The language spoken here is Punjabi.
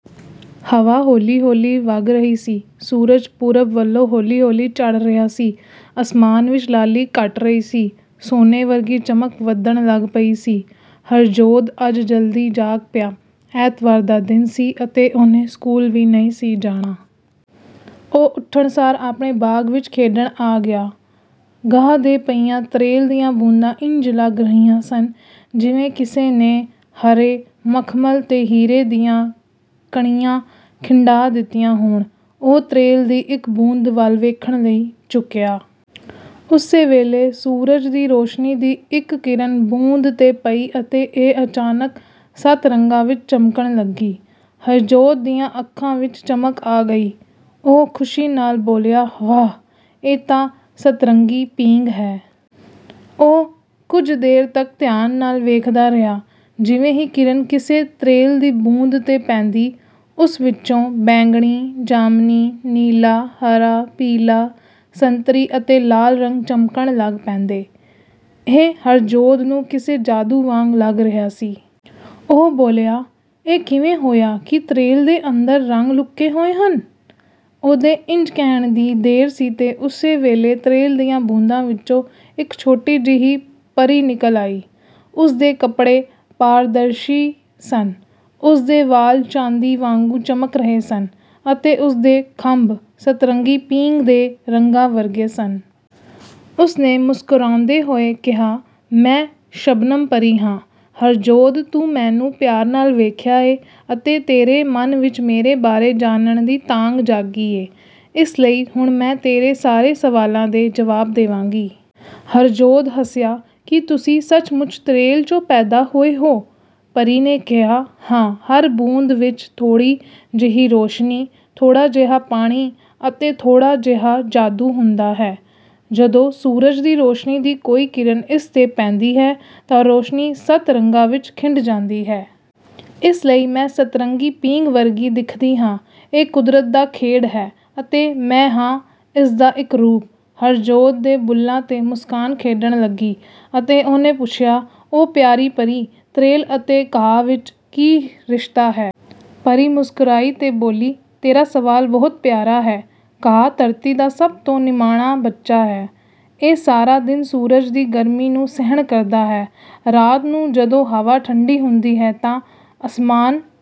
ਹਵਾ ਹੌਲੀ ਹੌਲੀ ਵਗ ਰਹੀ ਸੀ। ਸੂਰਜ ਪੂਰਬ ਵੱਲੋਂ ਹੌਲੀ-ਹੌਲੀ ਚੜ੍ਹ ਰਿਹਾ ਸੀ। ਅਸਮਾਨ ਵਿੱਚ ਲਾਲੀ ਘਟ ਰਹੀ ਸੀ, ਸੋਨੇ ਵਰਗੀ ਚਮਕ ਵੱਧਣ ਲੱਗ ਪਈ ਸੀ। ਹਰਜੋਧ ਅੱਜ ਜਲਦੀ ਜਾਗ ਪਿਆ। ਐਤਵਾਰ ਦਾ ਦਿਨ ਸੀ ਅਤੇ ਉਹਨੇ ਸਕੂਲ ਵੀ ਨਹੀਂ ਸੀ ਜਾਣਾ। ਉਹ ਉੱਠਣਸਾਰ ਆਪਣੇ ਬਾਗ਼ ਵਿੱਚ ਖੇਡਣ ਆ ਗਿਆ। ਘਾਹ 'ਤੇ ਪਈਆਂ ਤ੍ਰੇਲ ਦੀਆਂ ਬੂੰਦਾਂ ਇੰਞ ਲੱਗ ਰਹੀਆਂ ਸਨ, ਜਿਵੇਂ ਕਿਸੇ ਨੇ ਹਰੇ ਮਖਮਲ 'ਤੇ ਹੀਰੇ ਦੀਆਂ ਕਣੀਆਂ ਖਿੰਡਾ ਦਿੱਤੀਆਂ ਹੋਣ। ਉਹ ਤ੍ਰੇਲ ਦੀ ਇੱਕ ਬੂੰਦ ਵੱਲ ਵੇਖਣ ਲਈ ਝੁਕਿਆ। ਉਸੇ ਵੇਲੇ, ਸੂਰਜ ਦੀ ਰੌਸ਼ਨੀ ਦੀ ਇੱਕ ਕਿਰਨ ਬੂੰਦ 'ਤੇ ਪਈ ਅਤੇ ਇਹ ਅਚਾਨਕ ਸੱਤ ਰੰਗਾਂ ਵਿੱਚ ਚਮਕਣ ਲੱਗੀ। ਹਰਜੋਧ ਦੀਆਂ ਅੱਖਾਂ ਵਿੱਚ ਚਮਕ ਆ ਗਈ। ਉਹ ਖੁਸ਼ੀ ਨਾਲ ਬੋਲਿਆ "ਵਾਹ! ਇਹ ਤਾਂ ਸਤਰੰਗੀ ਪੀਂਘ ਹੈ।" ਉਹ ਕੁਝ ਦੇਰ ਤੱਕ ਧਿਆਨ ਨਾਲ ਵੇਖਦਾ ਰਿਹਾ। ਜਿਵੇਂ ਹੀ ਕਿਰਨ ਕਿਸੇ ਤ੍ਰੇਲ ਦੀ ਬੂੰਦ 'ਤੇ ਪੈਂਦੀ, ਉਸ ਵਿੱਚੋਂ ਬੈਂਗਣੀ, ਜਾਮਨੀ, ਨੀਲਾ, ਹਰਾ, ਪੀਲਾ, ਸੰਤਰੀ ਅਤੇ ਲਾਲ ਰੰਗ ਚਮਕਣ ਲੱਗ ਪੈਂਦੇ। ਇਹ ਹਰਜੋਧ ਨੂੰ ਕਿਸੇ ਜਾਦੂ ਵਾਂਗ ਲੱਗ ਰਿਹਾ ਸੀ। ਉਹ ਬੋਲਿਆ, "ਇਹ ਕਿਵੇਂ ਹੋਇਆ, ਕੀ ਤ੍ਰੇਲ ਦੇ ਅੰਦਰ ਰੰਗ ਲੁਕੇ ਹੋਏ ਹਨ?" ਉਹਦੇ ਇੰਞ ਕਹਿਣ ਦੀ ਦੇਰ ਸੀ ਤੇ ਉਸੇ ਵੇਲੇ ਤ੍ਰੇਲ ਦੀਆਂ ਬੂੰਦਾਂ ਵਿੱਚੋਂ ਇੱਕ ਛੋਟੀ ਜਿਹੀ ਪਰੀ ਨਿਕਲ ਆਈ। ਉਸਦੇ ਕੱਪੜੇ ਪਾਰਦਰਸ਼ੀ ਸਨ, ਉਸਦੇ ਵਾਲ ਚਾਂਦੀ ਵਾਂਗੂੰ ਚਮਕ ਰਹੇ ਸਨ, ਅਤੇ ਉਸਦੇ ਖੰਭ ਸਤਰੰਗੀ ਪੀਂਘ ਦੇ ਰੰਗਾਂ ਵਰਗੇ ਸਨ। ਉਸਨੇ ਮੁਸਕਰਾਉਂਦੇ ਹੋਏ ਕਿਹਾ, "ਮੈਂ ਸ਼ਬਨਮ ਪਰੀ ਹਾਂ। ਹਰਜੋਧ ਤੂੰ ਮੈਨੂੰ ਪਿਆਰ ਨਾਲ ਵੇਖਿਆ ਏ ਅਤੇ ਤੇਰੇ ਮਨ ਵਿੱਚ ਮੇਰੇ ਬਾਰੇ ਜਾਨਣ ਦੀ ਤਾਂਘ ਜਾਗੀ ਏ, ਇਸ ਲਈ ਹੁਣ ਮੈਂ ਤੇਰੇ ਸਾਰੇ ਸਵਾਲਾਂ ਦੇ ਜਵਾਬ ਦੇਵਾਂਗੀ।" ਹਰਜੋਧ ਹੱਸਿਆ, "ਕੀ ਤੁਸੀਂ ਸੱਚਮੁੱਚ ਤ੍ਰੇਲ 'ਚੋਂ ਪੈਦਾ ਹੋਏ ਹੋ?" ਪਰੀ ਨੇ ਕਿਹਾ, "ਹਾਂ, ਹਰ ਬੂੰਦ ਵਿੱਚ ਥੋੜ੍ਹੀ ਜਿਹੀ ਰੌਸ਼ਨੀ, ਥੋੜ੍ਹਾ ਜਿਹਾ ਪਾਣੀ ਅਤੇ ਥੋੜ੍ਹਾ ਜਿਹਾ ਜਾਦੂ ਹੁੰਦਾ ਹੈ। ਜਦੋਂ ਸੂਰਜ ਦੀ ਰੌਸ਼ਨੀ ਦੀ ਕੋਈ ਕਿਰਨ ਇਸ 'ਤੇ ਪੈਂਦੀ ਹੈ, ਤਾਂ ਰੌਸ਼ਨੀ ਸੱਤ ਰੰਗਾਂ ਵਿੱਚ ਖਿੰਡ ਜਾਂਦੀ ਹੈ। ਇਸ ਲਈ ਮੈਂ ਸਤਰੰਗੀ ਪੀਂਘ ਵਰਗੀ ਦਿਖਦੀ ਹਾਂ ਇਹ ਕੁਦਰਤ ਦਾ ਖੇਡ ਹੈ, ਅਤੇ ਮੈਂ ਹਾਂ ਇਸਦਾ ਇੱਕ ਰੂਪ।" ਹਰਜੋਧ ਦੇ ਬੁੱਲ੍ਹਾਂ 'ਤੇ ਮੁਸਕਾਨ ਖੇਡਣ ਲੱਗੀ, ਅਤੇ ਉਹਨੇ ਪੁੱਛਿਆ, "ਓ, ਪਿਆਰੀ ਪਰੀ, ਤ੍ਰੇਲ ਅਤੇ ਘਾਹ ਵਿੱਚ ਕੀ ਰਿਸ਼ਤਾ ਹੈ?" ਪਰੀ ਮੁਸਕਰਾਈ ਤੇ ਬੋਲੀ, "ਤੇਰਾ ਸਵਾਲ ਬਹੁਤ ਪਿਆਰਾ ਹੈ। ਘਾਹ ਧਰਤੀ ਦਾ ਸਭ ਤੋਂ ਨਿਮਾਣਾ ਬੱਚਾ ਹੈ। ਇਹ ਸਾਰਾ ਦਿਨ ਸੂਰਜ ਦੀ ਗਰਮੀ ਨੂੰ ਸਹਿਣ ਕਰਦਾ ਹੈ, ਰਾਤ ਨੂੰ, ਜਦੋਂ ਹਵਾ ਠੰਢੀ ਹੁੰਦੀ ਹੈ ਤਾਂ ਅਸਮਾਨ